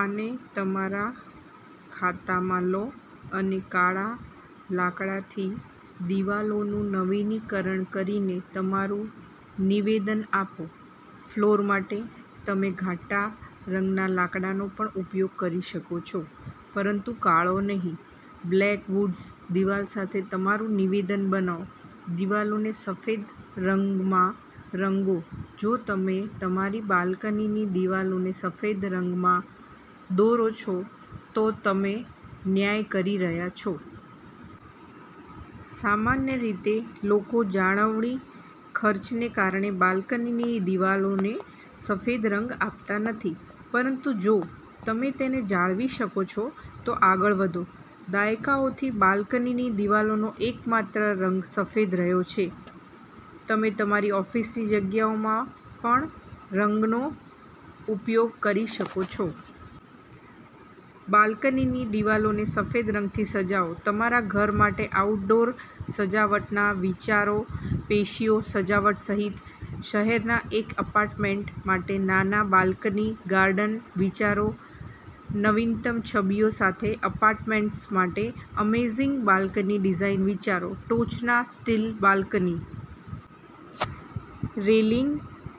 આને તમારા ખાતામાં લો અને કાળા લાકડાથી દિવાલોનું નવીનીકરણ કરીને તમારું નિવેદન આપો. ફ્લોર માટે, તમે ઘાટા રંગના લાકડાનો પણ ઉપયોગ કરી શકો છો, પરંતુ કાળો નહીં. બ્લેક વૂડ્સ દિવાલ સાથે તમારું નિવેદન બનાવો દિવાલોને સફેદ રંગમાં રંગો જો તમે તમારી બાલ્કનીની દિવાલોને સફેદ રંગમાં દોરો છો, તો તમે ન્યાય કરી રહ્યાં છો. સામાન્ય રીતે, લોકો જાળવણી ખર્ચને કારણે બાલ્કનીની દિવાલોને સફેદ રંગ આપતા નથી, પરંતુ જો તમે તેને જાળવી શકો છો, તો આગળ વધો. દાયકાઓથી બાલ્કનીની દિવાલોનો એકમાત્ર રંગ સફેદ રહ્યો છે. તમે તમારી ઓફિસની જગ્યાઓમાં પણરંગનો ઉપયોગ કરી શકો છો. બાલ્કનીની દિવાલોને સફેદ રંગથી સજાવો તમારા ઘર માટે આઉટડોર સજાવટના વિચારોપેશિયો સજાવટ સહિત, શહેરમાં એક એપાર્ટમેન્ટ માટે નાના બાલ્કની ગાર્ડન વિચારો, નવીનતમ છબીઓ સાથે એપાર્ટમેન્ટ્સ માટે અમેઝિંગ બાલ્કની ડિઝાઇન વિચારો, ટોચના સ્ટીલ બાલ્કની રેલિંગ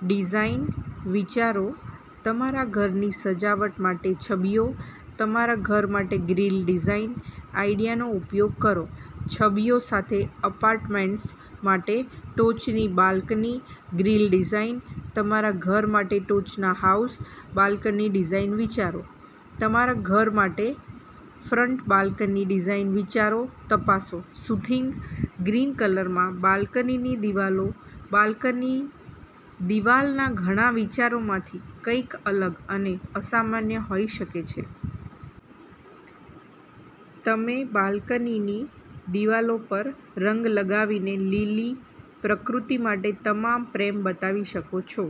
ડિઝાઇન વિચારોતમારા ઘરની સજાવટ માટે છબીઓ, તમારા ઘર માટેગ્રીલ ડિઝાઇન આઇડિયાનો ઉપયોગ કરો, છબીઓ સાથે એપાર્ટમેન્ટ્સ માટે ટોચની બાલ્કની ગ્રીલ ડિઝાઇન, તમારા ઘર માટે ટોચના હાઉસ બાલ્કની ડિઝાઇન વિચારો, તમારા ઘર માટેફ્રન્ટ બાલ્કની ડિઝાઇન વિચારો તપાસો, સુથિંગ ગ્રીન કલરમાં બાલ્કનીની દિવાલો બાલ્કની દિવાલના ઘણા વિચારોમાંથીકંઈક અલગ અને અસામાન્ય હોઈ શકે છે. તમે બાલ્કનીની દિવાલો પરરંગ લગાવીને લીલી પ્રકૃતિ માટે તમામ પ્રેમ બતાવી શકો છો.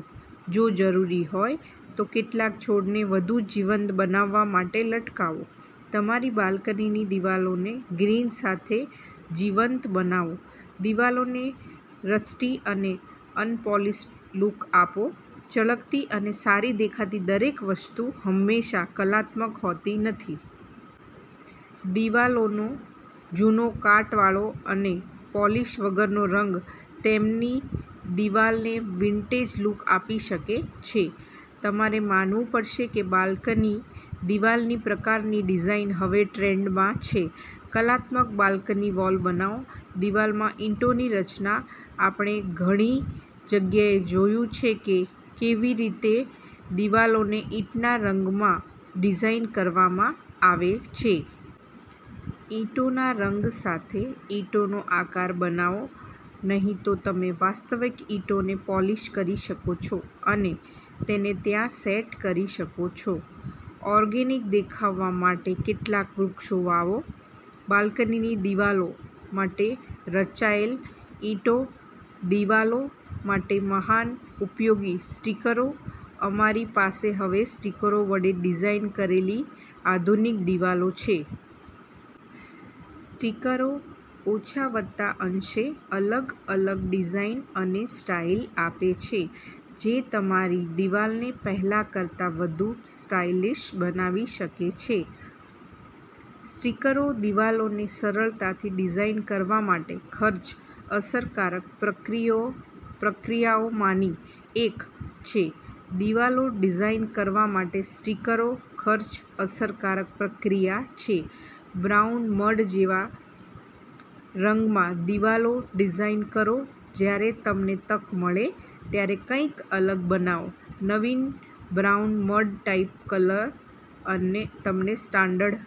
જો જરૂરી હોય તો કેટલાક છોડને વધુ જીવંત બનાવવા માટે લટકાવો. તમારી બાલ્કનીની દિવાલોને ગ્રીન સાથે જીવંત બનાવો. દિવાલોને રસ્ટી અને અનપોલિશ્ડ લુક આપો. ચલકતી અને સારી દેખાતી દરેક વસ્તુ હંમેશા કલાત્મક હોતી નથી. દિવાલોનો જૂનો કાટવાળો અને પોલીશ વગરનો રંગ તેમની દિવાલને વિન્ટેજ લુક આપી શકે છે. તમારે માનવું પડશે કે બાલ્કની દિવાલનીપ્રકારની ડિઝાઇન હવે ટ્રેન્ડમાં છે. કલાત્મક બાલ્કની વોલ બનાવો દિવાલમાં ઇંટોની રચના આપણે ઘણી જગ્યાએ જોયું છે કે કેવી રીતે દિવાલોને ઈંટના રંગમાં ડિઝાઇન કરવામાં આવે છે. ઇંટોના રંગ સાથે ઇંટોનો આકાર બનાવો, નહીં તો તમે વાસ્તવિક ઇંટોને પોલિશ કરી શકો છો અને તેને ત્યાં સેટ કરી શકો છો. ઓર્ગેનિક દેખાવા માટે કેટલાક વૃક્ષો વાવો. બાલ્કનીની દિવાલો માટે રચાયેલ ઇંટો દિવાલો માટે મહાન ઉપયોગી સ્ટીકરો અમારી પાસે હવે સ્ટીકરો વડે ડિઝાઇન કરેલી આધુનિક દિવાલો છે. સ્ટીકરો ઓછાવત્તા અંશે અલગ અલગ ડિઝાઈન અને સ્ટાઈલ આપે છે, જે તમારી દિવાલને પહેલા કરતા વધુ સ્ટાઇલિશ બનાવી શકે છે. સ્ટીકરોદિવાલોને સરળતાથી ડિઝાઇન કરવા માટે ખર્ચ-અસરકારક પ્રક્રિયો પ્રક્રિયાઓમાંની એક છે. દિવાલો ડિઝાઇન કરવા માટે સ્ટીકરો ખર્ચ-અસરકારક પ્રક્રિયા છે બ્રાઉન મડ-જેવા રંગમાં દિવાલો ડિઝાઇન કરો જ્યારે તમને તક મળે ત્યારે કંઈક અલગ બનાવો. નવીન બ્રાઉન મડ-ટાઈપ કલર અને તમને સ્ટાન્ડર્ડ